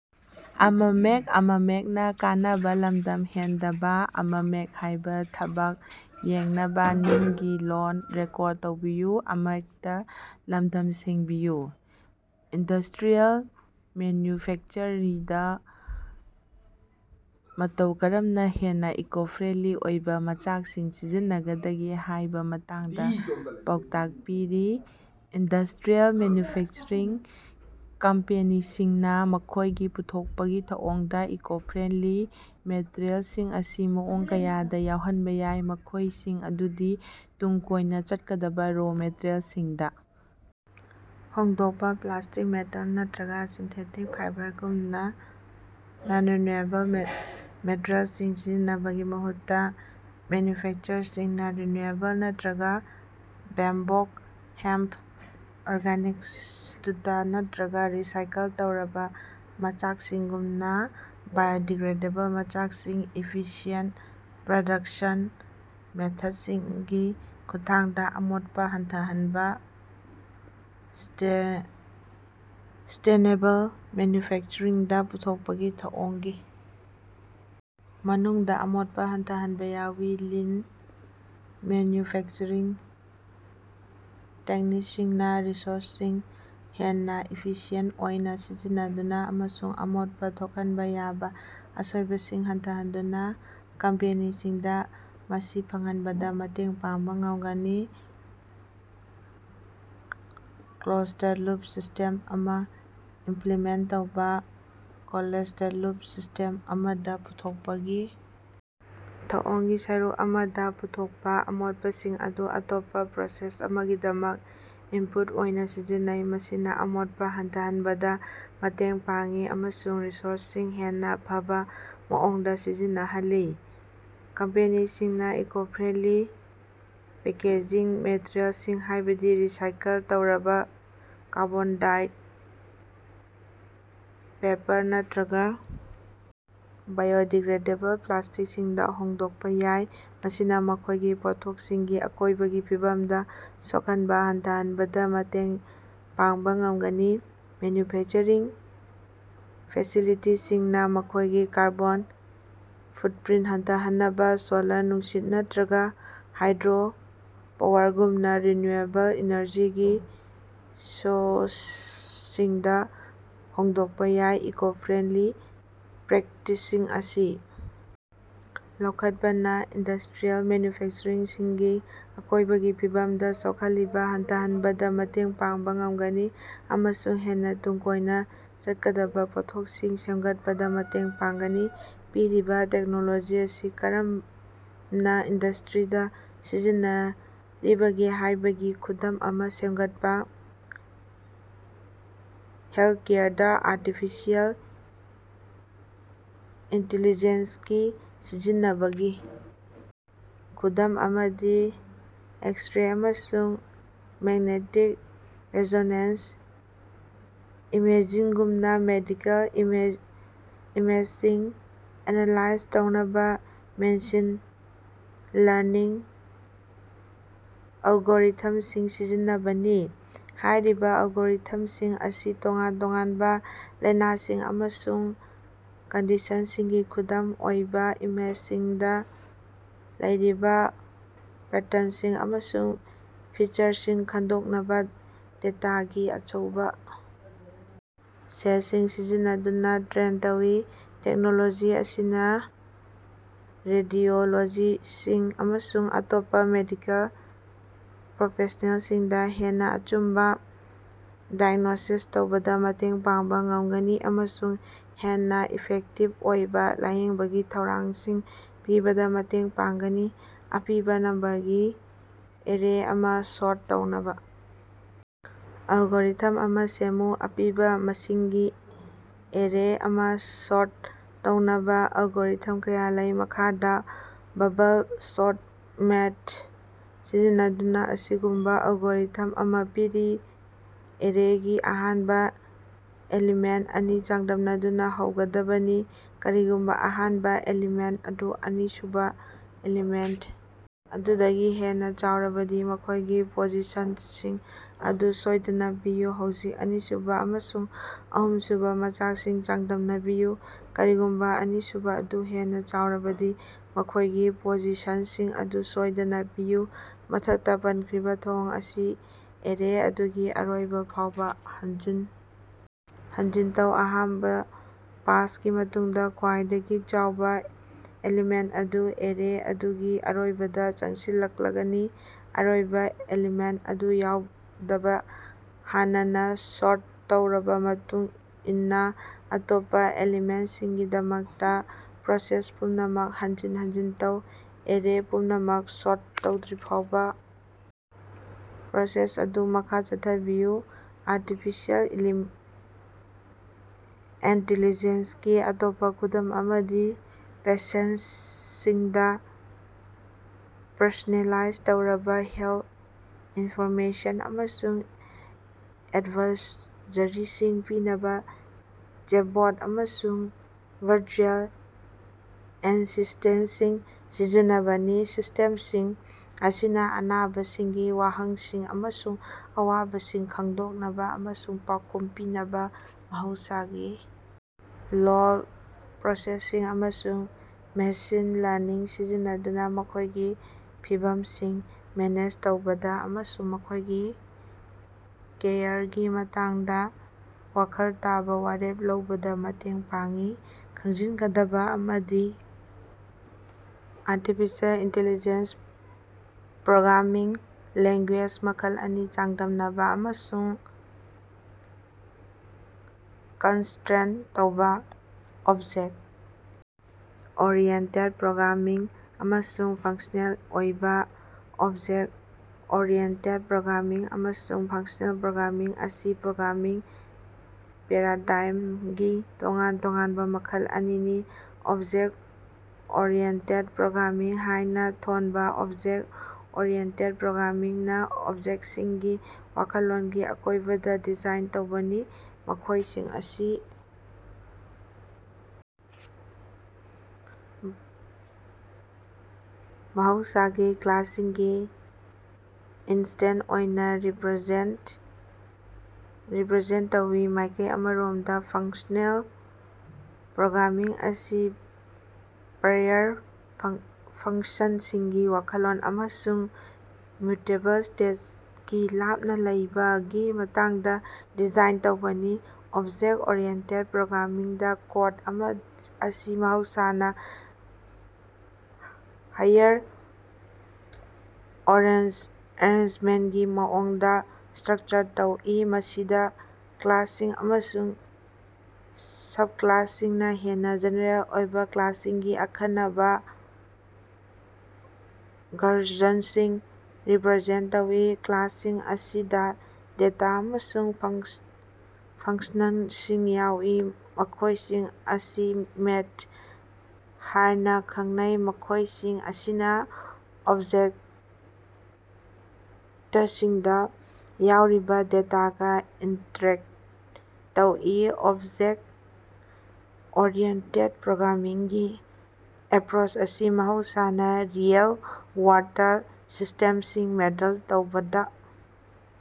Industrial ꯃꯦꯟꯌꯨꯐꯦꯛꯆꯔꯤꯡꯗ ꯃꯇꯧ ꯀꯔꯝꯅ ꯍꯦꯟꯅ ꯏꯀꯣ-ꯐ꯭ꯔꯦꯟꯗꯂꯤ ꯑꯣꯏꯕ ꯃꯆꯥꯛꯁꯤꯡ ꯁꯤꯖꯤꯟꯅꯒꯗꯒꯦ ꯍꯥꯏꯕꯒꯤ ꯃꯇꯥꯡꯗ ꯄꯥꯎꯇꯥꯛ ꯄꯤꯌꯨ꯫ ꯏꯟꯗꯁ꯭ꯇꯔꯤꯌꯦꯜ ꯃꯦꯟꯌꯨꯐꯦꯛꯆꯔꯤꯡ ꯀꯝꯄꯦꯅꯤꯁꯤꯡꯅ ꯃꯈꯣꯏꯒꯤ ꯄꯨꯊꯣꯛꯄꯒꯤ ꯊꯧꯑꯣꯡꯗ ꯏꯀꯣ-ꯐ꯭ꯔꯦꯟꯗꯂꯤ ꯃꯦꯇꯔꯤꯑꯦꯜꯁꯤꯡ ꯑꯁꯤ ꯃꯑꯣꯡ ꯀꯌꯥꯗ ꯌꯥꯎꯍꯟꯕ ꯌꯥꯏ, ꯃꯈꯣꯏꯁꯤꯡ ꯑꯗꯨꯗꯤ: ꯇꯨꯡ ꯀꯣꯏꯅ ꯆꯠꯀꯗꯕ ꯔꯣ ꯃꯦꯇꯔꯤꯌꯦꯜꯁꯤꯡꯗ ꯍꯣꯡꯗꯣꯛꯄ: ꯄ꯭ꯂꯥꯁ꯭ꯇꯤꯛ, ꯃꯦꯇꯜ, ꯅꯠꯇꯔꯒ ꯁꯤꯟꯊꯦꯇꯤꯛ ꯐꯥꯏꯕꯔꯒꯨꯝꯕ ꯅꯟ-ꯔꯤꯟꯌꯨꯑꯦꯕꯜ ꯃꯦꯇꯔꯤꯑꯦꯜꯁꯤꯡ ꯁꯤꯖꯤꯟꯅꯕꯒꯤ ꯃꯍꯨꯠꯇ, ꯃꯦꯟꯌꯨꯐꯦꯛꯆꯔꯁꯤꯡꯅ ꯔꯤꯟꯌꯨꯑꯦꯕꯜ ꯅꯠꯇꯔꯒ ꯕꯦꯝꯕꯣꯛ, ꯍꯦꯝꯞ, ꯑꯣꯔꯒꯥꯅꯤꯛ ꯁꯨꯇꯥ, ꯅꯠꯇꯔꯒ ꯔꯤꯁꯥꯏꯀꯜ ꯇꯧꯔꯕ ꯃꯆꯥꯛꯁꯤꯡꯒꯨꯝꯕ ꯕꯥꯏꯑꯣꯗꯤꯒ꯭ꯔꯦꯗꯦꯕꯜ ꯃꯆꯥꯛꯁꯤꯡ꯫ ꯏꯐꯤꯁꯤꯌꯦꯟꯠ ꯄ꯭ꯔꯗꯛꯁꯟ ꯃꯦꯊꯠꯁꯤꯡꯒꯤ ꯈꯨꯠꯊꯥꯡꯗ ꯑꯃꯣꯠꯄ ꯍꯟꯊꯍꯟꯕ: ꯁꯁ꯭ꯇꯦꯅꯦꯕꯜ ꯃꯦꯟꯌꯨꯐꯦꯛꯆꯔꯤꯡꯗ ꯄꯨꯊꯣꯛꯄꯒꯤ ꯊꯧꯑꯣꯡꯒꯤ ꯃꯅꯨꯡꯗ ꯑꯃꯣꯠꯄ ꯍꯟꯊꯍꯟꯕ ꯌꯥꯎꯏ꯫ ꯂꯤꯟ ꯃꯦꯟꯌꯨꯐꯦꯛꯆꯔꯤꯡ ꯇꯦꯛꯅꯤꯛꯁꯤꯡꯅ ꯔꯤꯁꯣꯔꯁꯁꯤꯡ ꯍꯦꯟꯅ ꯏꯐꯤꯁꯤꯑꯦꯟꯠ ꯑꯣꯏꯅ ꯁꯤꯖꯤꯟꯅꯗꯨꯅ ꯑꯃꯁꯨꯡ ꯑꯃꯣꯠꯄ ꯊꯣꯛꯍꯟꯕ ꯌꯥꯕ ꯑꯁꯣꯏꯕꯁꯤꯡ ꯍꯟꯊꯍꯟꯗꯨꯅ ꯀꯝꯄꯦꯅꯤꯁꯤꯡꯗ ꯃꯁꯤ ꯐꯪꯍꯟꯕꯗ ꯃꯇꯦꯡ ꯄꯥꯡꯕ ꯉꯝꯒꯅꯤ꯫ ꯀ꯭ꯂꯣꯖꯗ-ꯂꯨꯞ ꯁꯤꯁ꯭ꯇꯦꯝ ꯑꯃꯥ ꯏꯝꯄꯂꯤꯃꯦꯟꯠ ꯇꯧꯕꯥ: ꯀ꯭ꯂꯣꯖꯗ-ꯂꯨꯞ ꯁꯤꯁ꯭ꯇꯦꯝ ꯑꯃꯗ, ꯄꯨꯊꯣꯛꯄꯒꯤ ꯊꯧꯑꯣꯡꯒꯤ ꯁꯔꯨꯛ ꯑꯃꯗ ꯄꯨꯊꯣꯛꯄ ꯑꯃꯣꯠꯄꯁꯤꯡ ꯑꯗꯨ ꯑꯇꯣꯞꯄ ꯄ꯭ꯔꯣꯁꯦꯁ ꯑꯃꯒꯤꯗꯃꯛ ꯏꯟꯄꯨꯠ ꯑꯣꯏꯅ ꯁꯤꯖꯤꯟꯅꯩ꯫ ꯃꯁꯤꯅ ꯑꯃꯣꯠꯄ ꯍꯟꯊꯍꯟꯕꯗ ꯃꯇꯦꯡ ꯄꯥꯡꯏ ꯑꯃꯁꯨꯡ ꯔꯤꯁꯣꯔꯁꯁꯤꯡ ꯍꯦꯟꯅ ꯐꯕ ꯃꯑꯣꯡꯗ ꯁꯤꯖꯤꯟꯅꯍꯜꯂꯤ꯫ ꯀꯝꯄꯦꯅꯤꯁꯤꯡꯅ ꯏꯀꯣ-ꯐ꯭ꯔꯦꯟꯗꯂꯤ ꯄꯦꯀꯦꯖꯤꯡ ꯃꯦꯇꯔꯤꯑꯦꯜꯁꯤꯡ ꯍꯥꯏꯕꯗꯤ ꯔꯤꯁꯥꯏꯀꯜ ꯇꯧꯔꯕ ꯀꯥꯔꯗꯕꯣꯔꯗ, ꯄꯦꯄꯔ, ꯅꯠꯇꯔꯒ ꯕꯥꯏꯑꯣꯗꯤꯒ꯭ꯔꯦꯗꯦꯕꯜ ꯄ꯭ꯂꯥꯁ꯭ꯇꯤꯛꯁꯤꯡꯗ ꯍꯣꯡꯗꯣꯛꯄ ꯌꯥꯏ꯫ ꯃꯁꯤꯅ ꯃꯈꯣꯏꯒꯤ ꯄꯣꯠꯊꯣꯛꯁꯤꯡꯒꯤ ꯑꯀꯣꯏꯕꯒꯤ ꯐꯤꯕꯝꯗ ꯁꯣꯛꯍꯟꯕ ꯍꯟꯊꯍꯟꯕꯗ ꯃꯇꯦꯡ ꯄꯥꯡꯕ ꯉꯝꯒꯅꯤ꯫ ꯃꯦꯟꯌꯨꯐꯦꯛꯆꯔꯤꯡ ꯐꯦꯁꯤꯂꯤꯇꯤꯁꯤꯡꯅ ꯃꯈꯣꯏꯒꯤ ꯀꯥꯔꯕꯣꯟ ꯐꯨꯠꯄꯔꯤꯟꯠ ꯍꯟꯊꯍꯟꯅꯕ ꯁꯣꯂꯥꯔ, ꯅꯨꯡꯁꯤꯠ, ꯅꯠꯇꯔꯒ ꯍꯥꯏꯗ꯭ꯔꯣ ꯄꯥꯋꯔꯒꯨꯝꯕ ꯔꯤꯅ꯭ꯌꯨꯑꯦꯕꯜ ꯏꯅꯔꯖꯤꯒꯤ ꯁꯣꯔꯁꯁꯤꯡꯗ ꯍꯣꯡꯗꯣꯛꯄ ꯌꯥꯏ꯫ ꯏꯀꯣ-ꯐ꯭ꯔꯦꯟꯗꯂꯤ ꯄ꯭ꯔꯦꯛꯇꯤꯁꯁꯤꯡ ꯑꯁꯤ ꯂꯧꯈꯠꯄꯅ ꯏꯟꯗꯁ꯭ꯇꯔꯤꯌꯦꯜ ꯃꯦꯟꯌꯨꯐꯦꯛꯆꯔꯤꯡꯒꯤ ꯑꯀꯣꯏꯕꯒꯤ ꯐꯤꯕꯝꯗ ꯁꯣꯛꯍꯜꯂꯤꯕ ꯍꯟꯊꯍꯟꯕꯗ ꯃꯇꯦꯡ ꯄꯥꯡꯕ ꯉꯝꯒꯅꯤ ꯑꯃꯁꯨꯡ ꯍꯦꯟꯅ ꯇꯨꯡ ꯀꯣꯏꯅ ꯆꯠꯀꯗꯕ ꯄꯣꯠꯊꯣꯛꯁꯤꯡ ꯁꯦꯝꯒꯠꯄꯗ ꯃꯇꯦꯡ ꯄꯥꯡꯒꯅꯤ꯫ ꯄꯤꯔꯤꯕ ꯇꯦꯛꯅꯣꯂꯣꯖꯤ ꯑꯁꯤ ꯀꯔꯝꯅ ꯏꯟꯗꯁ꯭ꯇꯔꯤꯗꯥ ꯁꯤꯖꯤꯟꯅꯔꯤꯕꯒꯦ ꯍꯥꯏꯕꯒꯤ ꯈꯨꯗꯝ ꯑꯃꯥ ꯁꯦꯝꯒꯠꯄꯥ꯫ ꯍꯦꯜꯊꯀꯦꯌꯔꯗ ꯑꯥꯔꯇꯤꯐꯤꯁꯤꯑꯦꯜ ꯏꯟꯇꯤꯂꯤꯖ‌ꯦꯟꯁꯒꯤ ꯁꯤꯖꯤꯟꯅꯕꯒꯤ ꯈꯨꯗꯝ ꯑꯃꯗꯤ ꯑꯦꯛꯁ-ꯔꯦ ꯑꯃꯁꯨꯡ ꯃ‌ꯦꯛꯅ‌ꯦꯇꯤꯛ ꯔ‌ꯦꯖ‌ꯣꯅ‌ꯦꯟꯁ ꯏꯃ‌ꯦꯖꯤꯡꯒꯨꯝꯕ ꯃꯦꯗꯤꯀꯦꯜ ꯏꯃꯦꯖꯁꯤꯡ ꯑꯦꯅꯥꯂꯥꯏꯖ ꯇꯧꯅꯕ ꯃꯦꯁꯤꯟ ꯂꯔꯅꯤꯡ ꯑꯦꯜꯒꯣꯔꯤꯊꯝꯁꯤꯡ ꯁꯤꯖꯤꯟꯅꯕꯅꯤ꯫ ꯍꯥꯏꯔꯤꯕ ꯑꯦꯜꯒꯣꯔꯤꯊꯝꯁꯤꯡ ꯑꯁꯤ ꯇꯣꯉꯥꯟ ꯇꯣꯉꯥꯟꯕ ꯂꯥꯏꯅꯥꯁꯤꯡ ꯑꯃꯁꯨꯡ ꯀꯟꯗꯤꯁꯟꯁꯤꯡꯒꯤ ꯈꯨꯗꯝ ꯑꯣꯏꯕ ꯏꯃꯦꯖꯁꯤꯡꯗ ꯂꯩꯔꯤꯕ ꯄꯦꯇꯔꯟꯁꯤꯡ ꯑꯃꯁꯨꯡ ꯐꯤꯆꯔꯁꯤꯡ ꯈꯪꯗꯣꯛꯅꯕ ꯗꯦꯇꯥꯒꯤ ꯑꯆꯧꯕ ꯁꯦꯠꯁꯤꯡ ꯁꯤꯖꯤꯟꯅꯗꯨꯅ ꯇ꯭ꯔꯦꯟ ꯇꯧꯏ꯫ ꯇꯦꯛꯅꯣꯂꯣꯖꯤ ꯑꯁꯤꯅ ꯔꯦꯗꯤꯑꯣꯂꯣꯖꯤꯁ꯭ꯠꯁꯤꯡ ꯑꯃꯁꯨꯡ ꯑꯇꯣꯞꯄ ꯃꯦꯗꯤꯀꯦꯜ ꯄ꯭ꯔꯣꯐꯦꯁ꯭ꯅꯦꯜꯁꯤꯡꯗ ꯍꯦꯟꯅꯥ ꯑꯆꯨꯝꯕ ꯗꯥꯏꯒ꯭ꯅꯣꯁꯤꯁ ꯇꯧꯕꯗꯥ ꯃꯇꯦꯡ ꯄꯥꯡꯕꯥ ꯉꯝꯒꯅꯤ ꯑꯃꯁꯨꯡ ꯍꯦꯟꯅꯥ ꯏꯐꯦꯛꯇꯤꯕ ꯑꯣꯏꯕꯥ ꯂꯥꯌꯦꯡꯕꯒꯤ ꯊꯧꯔꯥꯡꯁꯤꯡ ꯄꯤꯕꯗ ꯃꯇꯦꯡ ꯄꯥꯡꯒꯅꯤ꯫ ꯑꯄꯤꯕꯥ ꯅꯝꯕꯔꯒꯤ ꯑꯦꯔꯦ ꯑꯃꯥ ꯁꯣꯔꯠ ꯇꯧꯅꯕ ꯑꯦꯂꯒꯣꯔꯤꯊꯝ ꯑꯃꯥ ꯁꯦꯝꯃꯨ꯫ ꯑꯄꯤꯕꯥ ꯃꯁꯤꯡꯒꯤ ꯑꯦꯔꯦ ꯑꯃꯥ ꯁꯣꯔꯠ ꯇꯧꯅꯕ ꯑꯦꯜꯒꯣꯔꯤꯊꯝ ꯀꯌꯥ ꯂꯩ꯫ ꯃꯈꯥꯗ ꯕꯕꯜ ꯁꯣꯔꯠ ꯃꯦꯊꯗ ꯁꯤꯖꯤꯟꯅꯗꯨꯅ ꯑꯁꯤꯒꯨꯝꯕ ꯑꯦꯜꯒꯣꯔꯤꯊꯝ ꯑꯃ ꯄꯤꯔꯤ: ꯑꯦꯔꯦꯒꯤ ꯑꯍꯥꯟꯕ ꯑꯦꯂꯤꯃꯦꯟꯠ ꯑꯅꯤ ꯆꯥꯡꯗꯝꯅꯗꯨꯅ ꯍꯧꯒꯗꯕꯅꯤ꯫ ꯀꯔꯤꯒꯨꯝꯕ ꯑꯍꯥꯟꯕ ꯑꯦꯂꯤꯃꯦꯟꯠ ꯑꯗꯨ ꯑꯅꯤꯁꯨꯕ ꯑꯦꯂꯤꯃꯦꯟꯠ ꯑꯗꯨꯗꯒꯤ ꯍꯦꯟꯅ ꯆꯥꯎꯔꯕꯗꯤ, ꯃꯈꯣꯏꯒꯤ ꯄꯣꯖꯤꯁꯟꯁꯤꯡ ꯑꯗꯨ ꯁꯣꯏꯗꯅ ꯄꯤꯌꯨ꯫ ꯍꯧꯖꯤꯛ, ꯑꯅꯤꯁꯨꯕ ꯑꯃꯁꯨꯡ ꯑꯍꯨꯝꯁꯨꯕ ꯃꯆꯥꯛꯁꯤꯡ ꯆꯥꯡꯗꯝꯅꯕꯤꯌꯨ꯫ ꯀꯔꯤꯒꯨꯝꯕ ꯑꯅꯤꯁꯨꯕ ꯑꯗꯨ ꯍꯦꯟꯅ ꯆꯥꯎꯔꯕꯗꯤ, ꯃꯈꯣꯏꯒꯤ ꯄꯣꯖꯤꯁꯟꯁꯤꯡ ꯑꯗꯨ ꯁꯣꯏꯗꯅ ꯄꯤꯌꯨ꯫ ꯃꯊꯛꯇ ꯄꯟꯈ꯭ꯔꯤꯕ ꯊꯧꯑꯣꯡ ꯑꯁꯤ ꯑꯦꯔꯦ ꯑꯗꯨꯒꯤ ꯑꯔꯣꯏꯕ ꯐꯥꯎꯕꯥ ꯍꯟꯖꯤꯟ ꯍꯟꯖꯤꯟ ꯇꯧ꯫ ꯑꯍꯥꯟꯕ ꯄꯥꯁꯀꯤ ꯃꯇꯨꯡꯗ ꯈ꯭ꯕꯥꯏꯗꯒꯤ ꯆꯥꯎꯕ ꯑꯦꯂꯤꯃꯦꯟꯠ ꯑꯗꯨ ꯑꯦꯔꯦ ꯑꯗꯨꯒꯤ ꯑꯔꯣꯏꯕꯗ ꯆꯪꯁꯤꯜꯂꯛꯂꯒꯅꯤ꯫ ꯑꯔꯣꯏꯕ ꯑꯦꯂꯤꯃꯦꯟꯠ ꯑꯗꯨ ꯌꯥꯎꯗꯅ ꯍꯥꯟꯅꯅꯥ ꯁꯣꯔꯠ ꯇꯧꯔꯕ ꯃꯇꯨꯡ ꯏꯟꯅ ꯑꯇꯣꯞꯄ ꯑꯦꯂꯤꯃꯦꯟꯠꯁꯤꯡꯒꯤꯗꯃꯛꯇ ꯄ꯭ꯔꯣꯁꯦꯁ ꯄꯨꯝꯅꯃꯛ ꯍꯟꯖꯤꯟ ꯍꯟꯖꯤꯟ ꯇꯧ꯫ ꯑꯦꯔꯦ ꯄꯨꯝꯅꯃꯛ ꯁꯣꯔꯠ ꯇꯧꯗ꯭ꯔꯤꯐꯥꯎꯕ ꯄ꯭ꯔꯣꯁꯦꯁ ꯑꯗꯨ ꯃꯈꯥ ꯆꯠꯊꯕꯤꯌꯨ꯫ ꯑꯥꯔꯇꯤꯐꯤꯁꯤꯑꯦꯜ ꯏꯟꯇꯤꯂꯤꯖ‌ꯦꯟꯁꯒꯤ ꯑꯇꯣꯞꯄ ꯈꯨꯗꯝ ꯑꯃꯗꯤ ꯄꯦꯁꯦꯟꯠꯁꯤꯡꯗ ꯄꯔꯁꯣꯅꯦꯂꯥꯏꯖ ꯇꯧꯔꯕ ꯍꯦꯜꯊ ꯏꯟꯐꯣꯔꯃꯦꯁꯟ ꯑꯃꯁꯨꯡ ꯑꯦꯗꯚꯥꯏꯖꯔꯤꯁꯤꯡ ꯄꯤꯅꯕ ꯆꯦꯠꯕꯣꯠ ꯑꯃꯁꯨꯡ ꯚꯔꯆꯨꯑꯦꯜ ꯑꯦꯁꯤꯁ꯭ꯇꯦꯟꯠꯁꯤꯡ ꯁꯤꯖꯤꯟꯅꯕꯅꯤ꯫ ꯁꯤꯁ꯭ꯇꯦꯝꯁꯤꯡ ꯑꯁꯤꯅ ꯑꯅꯥꯕꯁꯤꯡꯒꯤ ꯋꯥꯍꯪꯁꯤꯡ ꯑꯃꯁꯨꯡ ꯑꯋꯥꯕꯁꯤꯡ ꯈꯪꯗꯣꯛꯅꯕ ꯑꯃꯁꯨꯡ ꯄꯥꯎꯈꯨꯝ ꯄꯤꯅꯕ ꯃꯍꯧꯁꯥꯒꯤ ꯂꯣꯜ ꯄ꯭ꯔꯣꯁꯦꯁꯤꯡ ꯑꯃꯁꯨꯡ ꯃꯦꯁꯤꯟ ꯂꯔꯅꯤꯡ ꯁꯤꯖꯤꯟꯅꯗꯨꯅ ꯃꯈꯣꯏꯒꯤ ꯐꯤꯚꯝꯁꯤꯡ ꯃꯦꯅꯦꯖ ꯇꯧꯕꯗ ꯑꯃꯁꯨꯡ ꯃꯈꯣꯏꯒꯤ ꯀꯦꯌꯔꯒꯤ ꯃꯇꯥꯡꯗ ꯋꯥꯈꯜ ꯇꯥꯕ ꯋꯥꯔꯦꯞ ꯂꯧꯕꯗ ꯃꯇꯦꯡ ꯄꯥꯡꯏ꯫ ꯈꯪꯖꯤꯟꯒꯗꯕ ꯑꯃꯗꯤ, ꯑꯥꯔꯇꯤꯐꯤꯁꯤꯑꯦꯜ ꯏꯟꯇꯤꯂꯤꯖ‌ꯦꯟꯁ ꯄ꯭ꯔꯣꯒ꯭ꯔꯥꯃꯤꯡ ꯂꯦꯡꯒꯨꯌꯦꯖ ꯃꯈꯜ ꯑꯅꯤ ꯆꯥꯡꯗꯝꯅꯕ ꯑꯃꯁꯨꯡ ꯀꯟꯇꯔꯦꯁ꯭ꯠ ꯇꯧꯕꯥ꯫ ꯑꯣꯞꯖ‌ꯦꯛ ꯑꯣꯔꯤꯌ‌ꯦꯟꯇ‌ꯦꯠ ꯄꯔ‌ꯣꯒꯔꯥꯃꯤꯡ ꯑꯃꯁꯨꯡ ꯐꯪꯁ꯭ꯅꯦꯜ ꯑꯣꯏꯕꯥ꯫ ꯑꯣꯞꯖ‌ꯦꯛ ꯑꯣꯔꯤꯌ‌ꯦꯟꯇ‌ꯦꯠ ꯄꯔ‌ꯣꯒꯔꯥꯃꯤꯡ ꯑꯃꯁꯨꯡ ꯐꯪꯁ꯭ꯅꯦꯜ ꯄ꯭ꯔꯣꯒ꯭ꯔꯥꯃꯤꯡ ꯑꯁꯤ ꯄ꯭ꯔꯣꯒ꯭ꯔꯥꯃꯤꯡ ꯄꯦꯔꯥꯗꯥꯏꯝꯒꯤ ꯇꯣꯉꯥꯟ ꯇꯣꯉꯥꯟꯕ ꯃꯈꯜ ꯑꯅꯤꯅꯤ꯫ ꯑꯣꯕꯖꯦꯛꯠ ꯑꯣꯔꯤꯑꯦꯟꯇꯦꯗ ꯄ꯭ꯔꯣꯒ꯭ꯔꯥꯃꯤꯡ ꯍꯥꯏꯅ ꯊꯣꯟꯕ ꯑꯣꯞꯖ‌ꯦꯛ ꯑꯣꯔꯤꯌ‌ꯦꯟꯇ‌ꯦꯠ ꯄꯔ‌ꯣꯒꯔꯥꯃꯤꯡꯅ ꯑꯣꯕꯖꯦꯛꯠꯁꯤꯡꯒꯤ ꯋꯥꯈꯜꯂꯣꯟꯒꯤ ꯑꯀꯣꯏꯕꯗ ꯗꯤꯖꯥꯏꯟ ꯇꯧꯕꯅꯤ, ꯃꯈꯣꯏꯁꯤꯡ ꯑꯁꯤ ꯃꯍꯧꯁꯥꯅ ꯀ꯭ꯂꯥꯁꯁꯤꯡꯒꯤ ꯏꯟꯁꯇꯦꯟꯁ ꯑꯣꯏꯅ ꯔꯤꯄꯔꯖꯦꯟꯇ ꯇꯧꯏ꯫ ꯃꯥꯏꯀꯩ ꯑꯃꯔꯣꯝꯗ, ꯐꯪꯁ꯭ꯅꯦꯜ ꯄ꯭ꯔꯣꯒ꯭ꯔꯥꯃꯤꯡ ꯑꯁꯤ ꯄ꯭ꯌꯨꯔ ꯐꯪꯁꯟꯁꯤꯡꯒꯤ ꯋꯥꯈꯜꯂꯣꯟ ꯑꯃꯁꯨꯡ ꯃ꯭ꯌꯨꯇꯦꯕꯜ ꯁ꯭ꯇꯦꯠꯇꯒꯤ ꯂꯥꯞꯅ ꯂꯩꯕꯒꯤ ꯃꯇꯥꯡꯗ ꯗꯤꯖꯥꯏꯟ ꯇꯧꯕꯅꯤ꯫ ꯑꯣꯞꯖ‌ꯦꯛ ꯑꯣꯔꯤꯌ‌ꯦꯟꯇ‌ꯦꯠ ꯄꯔ‌ꯣꯒꯔꯥꯃꯤꯡꯗꯥ, ꯀꯣꯗ ꯑꯁꯤ ꯃꯍꯧꯁꯥꯅ ꯍꯥꯌꯔ ꯑꯦꯔꯦꯟꯖꯃꯦꯟꯠꯀꯤ ꯃꯑꯣꯡꯗ ꯁ꯭ꯇꯔꯛꯆꯔ ꯇꯧꯏ, ꯃꯁꯤꯗ ꯀ꯭ꯂꯥꯁꯁꯤꯡ ꯑꯃꯁꯨꯡ ꯁꯕꯀꯂꯥꯁꯁꯤꯡꯅ ꯍꯦꯟꯅ ꯖꯦꯅꯦꯔꯦꯜ ꯑꯣꯏꯕ ꯀ꯭ꯂꯥꯁꯁꯤꯡꯒꯤ ꯑꯈꯟꯅꯕ ꯚꯔꯖꯟꯁꯤꯡ ꯔꯤꯄꯔꯖꯦꯟꯇ ꯇꯧꯏ꯫ ꯀ꯭ꯂꯥꯁꯁꯤꯡ ꯑꯁꯤꯗ ꯗꯦꯇꯥ ꯑꯃꯁꯨꯡ ꯐꯪꯁꯅꯟꯁꯤꯡ ꯌꯥꯎꯏ, ꯃꯈꯣꯏꯁꯤꯡ ꯑꯁꯤ ꯃꯦꯊꯗ ꯍꯥꯏꯅꯥ ꯈꯪꯅꯩ, ꯃꯈꯣꯏꯁꯤꯡ ꯑꯁꯤꯅꯥ ꯑꯣꯕꯖꯦꯛꯇꯁꯤꯡꯗ ꯌꯥꯎꯔꯤꯕꯥ ꯗꯦꯇꯥꯒ ꯏꯟꯇꯔꯦꯛꯇ ꯇꯧꯏ꯫ ꯑꯣꯞꯖ‌ꯦꯛ ꯑꯣꯔꯤꯌ‌ꯦꯟꯇ‌ꯦꯠ ꯄꯔ‌ꯣꯒꯔꯥꯃꯤꯡꯒꯤ ꯑꯦꯄꯔꯣꯆ ꯑꯁꯤ ꯃꯍꯧꯁꯥꯅ ꯔꯤꯑꯦꯜ-ꯋꯥꯔꯜꯗ ꯁꯤꯁ꯭ꯇꯦꯝꯁꯤꯡ ꯃꯣꯗꯦꯜ ꯇꯧꯕꯗ